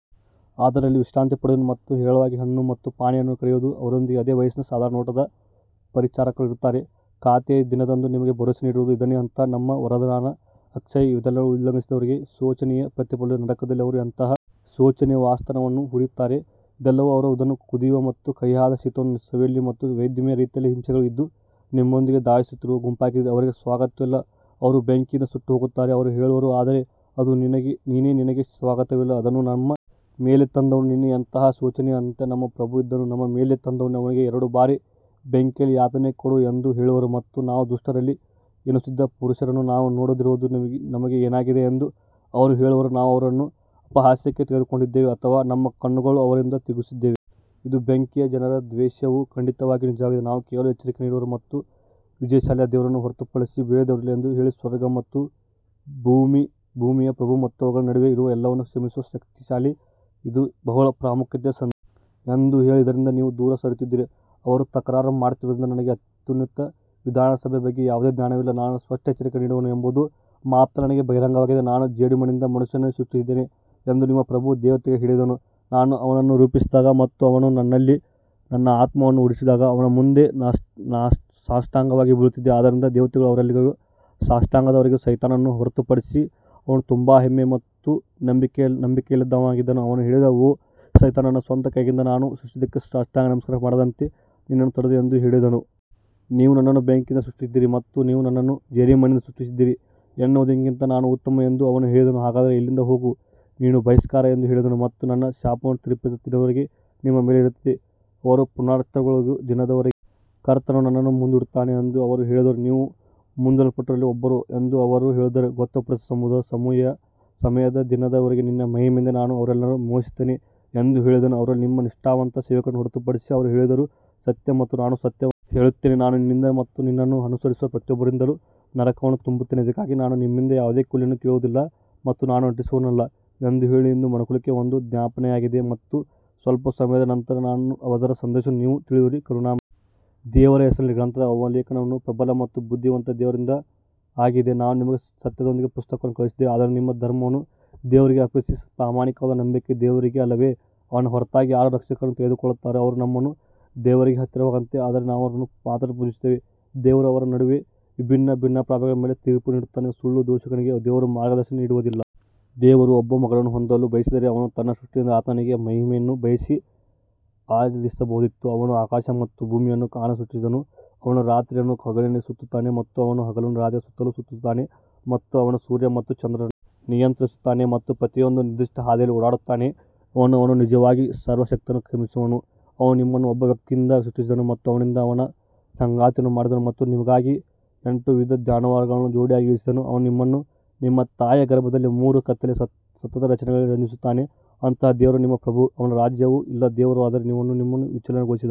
ಅದರಲ್ಲಿ ವಿಶ್ರಾಂತಿ ಪಡೆಯುವುದು ಮತ್ತು ಹೇರಳವಾಗಿ ಹಣ್ಣು ಮತ್ತು ಪಾನೀಯವನ್ನು ಕರೆಯುವುದು ಅವರೊಂದಿಗೆ ಅದೇ ವಯಸ್ಸಿನ ಸಾಧಾರಣ ನೋಟದ ಪರಿಚಾರಕರು ಇರುತ್ತಾರೆ ಖಾತೆಯ ದಿನದಂದು ನಿಮಗೆ ಭರವಸೆ ನೀಡಿರುವುದು ಇದನ್ನೇ ಅಂತಹ ನಮ್ಮ ವರದಾನ ಅಕ್ಷಯ ಇದೆಲ್ಲವನ್ನೂ ಉಲ್ಲಂಘಿಸುವವರಿಗೆ ಶೋಚನೀಯ ಪ್ರತಿಫಲವಿದೆ ನರಕದಲ್ಲಿ ಅವರು ಎಂತಹ ಶೋಚನೀಯ ವಾಸಸ್ಥಾನವನ್ನು ಹುರಿಯುತ್ತಾರೆ ಇದೆಲ್ಲವೂ ಅವರು ಅದನ್ನು ಕುದಿಯುವ ಮತ್ತು ಕಹಿಯಾದ ಶೀತವನ್ನು ಸವಿಯಲಿ ಮತ್ತು ವೈವಿಧ್ಯಮಯ ರೀತಿಯ ಹಿಂಸೆಗಳು ಇದು ನಿಮ್ಮೊಂದಿಗೆ ಧಾವಿಸುತ್ತಿರುವ ಗುಂಪಾಗಿದೆ ಅವರಿಗೆ ಸ್ವಾಗತವಿಲ್ಲ ಅವರು ಬೆಂಕಿಯಿಂದ ಸುಟ್ಟುಹೋಗುತ್ತಾರೆ ಅವರು ಹೇಳುವರು ಆದರೆ ಅದು ನೀನೇ ನಿನಗೆ ಸ್ವಾಗತವಿಲ್ಲ ಅದನ್ನು ನಮ್ಮ ಮೇಲೆ ತಂದವನು ನೀನೇ ಎಂತಹ ಶೋಚನೀಯ ಅಂತ್ಯ ನಮ್ಮ ಪ್ರಭು ಇದನ್ನು ನಮ್ಮ ಮೇಲೆ ತಂದವನು ಅವನಿಗೆ ಎರಡು ಬಾರಿ ಬೆಂಕಿಯಲ್ಲಿ ಯಾತನೆ ಕೊಡು ಎಂದು ಹೇಳುವರು ಮತ್ತು ನಾವು ದುಷ್ಟರಲ್ಲಿ ಎಣಿಸುತ್ತಿದ್ದ ಪುರುಷರನ್ನು ನಾವು ನೋಡದಿರುವುದು ನಮಗೆ ಏನಾಗಿದೆ ಎಂದು ಅವರು ಹೇಳುವರು ನಾವು ಅವರನ್ನು ಅಪಹಾಸ್ಯಕ್ಕೆ ತೆಗೆದುಕೊಂಡಿದ್ದೇವೆಯೇ ಅಥವಾ ನಮ್ಮ ಕಣ್ಣುಗಳನ್ನು ಅವರಿಂದ ತಿರುಗಿಸಿದ್ದೇವೆಯೇ? ಇದು ಬೆಂಕಿಯ ಜನರ ದ್ವೇಷವು ಖಂಡಿತವಾಗಿಯೂ ನಿಜವಾಗಿದೆ ನಾನು ಕೇವಲ ಎಚ್ಚರಿಕೆ ನೀಡುವವನು ಮತ್ತು ವಿಜಯಶಾಲಿಯಾದ ದೇವರನ್ನು ಹೊರತುಪಡಿಸಿ ಬೇರೆ ದೇವರಿಲ್ಲ ಎಂದು ಹೇಳಿ ಸ್ವರ್ಗ ಮತ್ತು ಭೂಮಿಯ ಪ್ರಭು ಮತ್ತು ಅವುಗಳ ನಡುವೆ ಇರುವ ಎಲ್ಲವನ್ನೂ ಕ್ಷಮಿಸುವ ಶಕ್ತಿಶಾಲಿ ಇದು ಬಹಳ ಪ್ರಾಮುಖ್ಯತೆಯ ಸಂದೇಶ ಎಂದು ಹೇಳಿ ಇದರಿಂದ ನೀವು ದೂರ ಸರಿಯುತ್ತಿದ್ದೀರಿ ಅವರು ತಕರಾರು ಮಾಡುತ್ತಿರುವುದರಿಂದ ನನಗೆ ಅತ್ಯುನ್ನತ ವಿಧಾನಸಭೆಯ ಬಗ್ಗೆ ಯಾವುದೇ ಜ್ಞಾನವಿಲ್ಲ ನಾನು ಸ್ಪಷ್ಟ ಎಚ್ಚರಿಕೆ ನೀಡುವವನು ಎಂಬುದು ಮಾತ್ರ ನನಗೆ ಬಹಿರಂಗವಾಗಿದೆ ನಾನು ಜೇಡಿಮಣ್ಣಿನಿಂದ ಮನುಷ್ಯನನ್ನು ಸೃಷ್ಟಿಸುತ್ತಿದ್ದೇನೆ ಎಂದು ನಿಮ್ಮ ಪ್ರಭು ದೇವತೆಗಳಿಗೆ ಹೇಳಿದನು ನಾನು ಅವನನ್ನು ರೂಪಿಸಿದಾಗ ಮತ್ತು ಅವನಲ್ಲಿ ನನ್ನ ಆತ್ಮವನ್ನು ಉಸಿರಾಡಿದಾಗ ಅವನ ಮುಂದೆ ಸಾಷ್ಟಾಂಗವಾಗಿ ಬೀಳುತ್ತದೆ ಆದ್ದರಿಂದ ದೇವತೆಗಳು ಅವರೆಲ್ಲರಿಗೂ ಸಾಷ್ಟಾಂಗವೆರಗಿದರು ಸೈತಾನನನ್ನು ಹೊರತುಪಡಿಸಿ ಅವನು ತುಂಬಾ ಹೆಮ್ಮೆ ಮತ್ತು ನಂಬಿಕೆಯಿಲ್ಲದವನಾಗಿದ್ದನು ಅವನು ಹೇಳಿದ ಓ ಸೈತಾನನು ನನ್ನ ಸ್ವಂತ ಕೈಗಳಿಂದ ನಾನು ಸೃಷ್ಟಿಸಿದ್ದಕ್ಕೆ ಸಾಷ್ಟಾಂಗ ನಮಸ್ಕಾರ ಮಾಡದಂತೆ ನಿನ್ನನ್ನು ತಡೆದದ್ದು ಏನು ಎಂದು ಹೇಳಿದನು. ನೀವು ನನ್ನನ್ನು ಬೆಂಕಿಯಿಂದ ಸೃಷ್ಟಿಸಿದ್ದೀರಿ ಮತ್ತು ನೀವು ಅವನನ್ನು ಜೇಡಿಮಣ್ಣಿನಿಂದ ಸೃಷ್ಟಿಸಿದ್ದೀರಿ ಎನ್ನುವುದಕ್ಕಿಂತ ನಾನು ಉತ್ತಮ ಎಂದು ಅವನು ಹೇಳಿದನು ಹಾಗಾದರೆ ಇಲ್ಲಿಂದ ಹೋಗು ನೀನು ಬಹಿಷ್ಕಾರ ಎಂದು ಹೇಳಿದನು ಮತ್ತು ನನ್ನ ಶಾಪವು ತೀರ್ಪಿನ ದಿನದವರೆಗೆ ನಿಮ್ಮ ಮೇಲೆ ಇರುತ್ತದೆ ಅವರು ಪುನರುತ್ಥಾನಗೊಳ್ಳುವ ದಿನದವರೆಗೆ ಕರ್ತನು ನನ್ನನ್ನು ಮುಂದೂಡುತ್ತಾನೆ ಎಂದು ಅವರು ಹೇಳಿದರು ನೀವು ಮುಂದೂಡಲ್ಪಟ್ಟವರಲ್ಲಿ ಒಬ್ಬರು ಎಂದು ಅವರು ಹೇಳಿದರು ಗೊತ್ತುಪಡಿಸಿದ ಸಮಯದ ದಿನದವರೆಗೆ ನಿನ್ನ ಮಹಿಮೆಯಿಂದ ನಾನು ಅವರೆಲ್ಲರನ್ನು ಮೋಹಿಸುತ್ತೇನೆ ಎಂದು ಹೇಳಿದನು ಅವರಲ್ಲಿ ನಿಮ್ಮ ನಿಷ್ಠಾವಂತ ಸೇವಕರನ್ನು ಹೊರತುಪಡಿಸಿ ಅವರು ಹೇಳಿದರು ಸತ್ಯ ಮತ್ತು ನಾನು ಸತ್ಯವನ್ನು ಹೇಳುತ್ತೇನೆ ನಾನು ನಿನ್ನಿಂದ ಮತ್ತು ನಿನ್ನನ್ನು ಅನುಸರಿಸುವ ಪ್ರತಿಯೊಬ್ಬರಿಂದಲೂ ನರಕವನ್ನು ತುಂಬುತ್ತೇನೆ ಇದಕ್ಕಾಗಿ ನಾನು ನಿಮ್ಮಿಂದ ಯಾವುದೇ ಕೂಲಿಯನ್ನು ಕೇಳುವುದಿಲ್ಲ ಮತ್ತು ನಾನು ನಟಿಸುವವನಲ್ಲ ಎಂದು ಹೇಳಿ ಇದು ಮನುಕುಲಕ್ಕೆ ಒಂದು ಜ್ಞಾಪನೆಯಾಗಿದೆ ಮತ್ತು ಸ್ವಲ್ಪ ಸಮಯದ ನಂತರ ಅದರ ಸಂದೇಶವನ್ನು ನೀವು ತಿಳಿಯುವಿರಿ ಕರುಣಾಮಯಿ ದೇವರ ಹೆಸರಿನಲ್ಲಿ ಗ್ರಂಥದ ಅವಲೋಕನವು ಪ್ರಬಲ ಮತ್ತು ಬುದ್ಧಿವಂತ ದೇವರಿಂದ ಆಗಿದೆ ನಾವು ನಿಮಗೆ ಸತ್ಯದೊಂದಿಗೆ ಪುಸ್ತಕವನ್ನು ಕಳುಹಿಸಿದ್ದೇವೆ ಆದ್ದರಿಂದ ನಿಮ್ಮ ಧರ್ಮವನ್ನು ದೇವರಿಗೆ ಅರ್ಪಿಸಿ ಪ್ರಾಮಾಣಿಕವಾದ ನಂಬಿಕೆಯು ದೇವರಿಗೆ ಅಲ್ಲವೇ, ಅವನ ಹೊರತಾಗಿ ಯಾರು ರಕ್ಷಕರನ್ನು ತೆಗೆದುಕೊಳ್ಳುತ್ತಾರೋ ಅವರು ನಮ್ಮನ್ನು ದೇವರಿಗೆ ಹತ್ತಿರವಾಗುವಂತೆ ನಾವು ಅವರನ್ನು ಮಾತ್ರ ಪೂಜಿಸುತ್ತೇವೆ, ದೇವರು ಅವರ ನಡುವೆ ಅವರ ಭಿನ್ನಾಭಿಪ್ರಾಯಗಳ ಬಗ್ಗೆ ತೀರ್ಪು ನೀಡುತ್ತಾನೆ, ಸುಳ್ಳು ದೂಷಕನಿಗೆ ದೇವರು ಮಾರ್ಗದರ್ಶನ ನೀಡುವುದಿಲ್ಲ. ದೇವರು ಒಬ್ಬ ಮಗನನ್ನು ಹೊಂದಲು ಬಯಸಿದರೆ ಅವನು ತನ್ನ ಸೃಷ್ಟಿಯಿಂದ ಆತನಿಗೆ ಮಹಿಮೆಯನ್ನು ಬಯಸಿ ಆರಿಸಬಹುದಿತ್ತು ಅವನು ಆಕಾಶ ಮತ್ತು ಭೂಮಿಯನ್ನು ಕಾರಣದಿಂದ ಸೃಷ್ಟಿಸಿದನು, ಅವನು ರಾತ್ರಿಯನ್ನು ಹಗಲಿನಲ್ಲಿ ಸುತ್ತುತ್ತಾನೆ ಮತ್ತು ಅವನು ಹಗಲನ್ನು ರಾತ್ರಿಯ ಸುತ್ತಲೂ ಸುತ್ತುತ್ತಾನೆ ಮತ್ತು ಅವನು ಸೂರ್ಯ ಮತ್ತು ಚಂದ್ರನನ್ನು ನಿಯಂತ್ರಿಸುತ್ತಾನೆ ಮತ್ತು ಪ್ರತಿಯೊಂದೂ ನಿರ್ದಿಷ್ಟ ಹಾದಿಯಲ್ಲಿ ಓಡುತ್ತಾನೆ, ಅವನು ನಿಜವಾಗಿಯೂ ಸರ್ವಶಕ್ತನು ಕ್ಷಮಿಸುವವನು ಅವನು ನಿಮ್ಮನ್ನು ಒಬ್ಬ ವ್ಯಕ್ತಿಯಿಂದ ಸೃಷ್ಟಿಸಿದನು ಮತ್ತು ಅವನಿಂದ ಅವನ ಸಂಗಾತಿಯನ್ನು ಮಾಡಿದನು ಮತ್ತು ನಿಮಗಾಗಿ ಎಂಟು ವಿಧದ ಜಾನುವಾರುಗಳನ್ನು ಜೋಡಿಯಾಗಿ ಇಳಿಸಿದನು ಅವನು ನಿಮ್ಮನ್ನು ನಿಮ್ಮ ತಾಯಿಯ ಗರ್ಭದಲ್ಲಿ ಮೂರು ಕತ್ತಲೆಯಲ್ಲಿ ಸತತ ರಚನೆಗಳಲ್ಲಿ ರಚಿಸುತ್ತಾನೆ ಅಂತಹ ದೇವರು ನಿಮ್ಮ ಪ್ರಭು ಅವನ ರಾಜ್ಯವು ಇಲ್ಲ ದೇವರು ಆದರೆ ಅವನು ನಿನ್ನನ್ನು ವಿಚಲನಗೊಳಿಸಿದನು.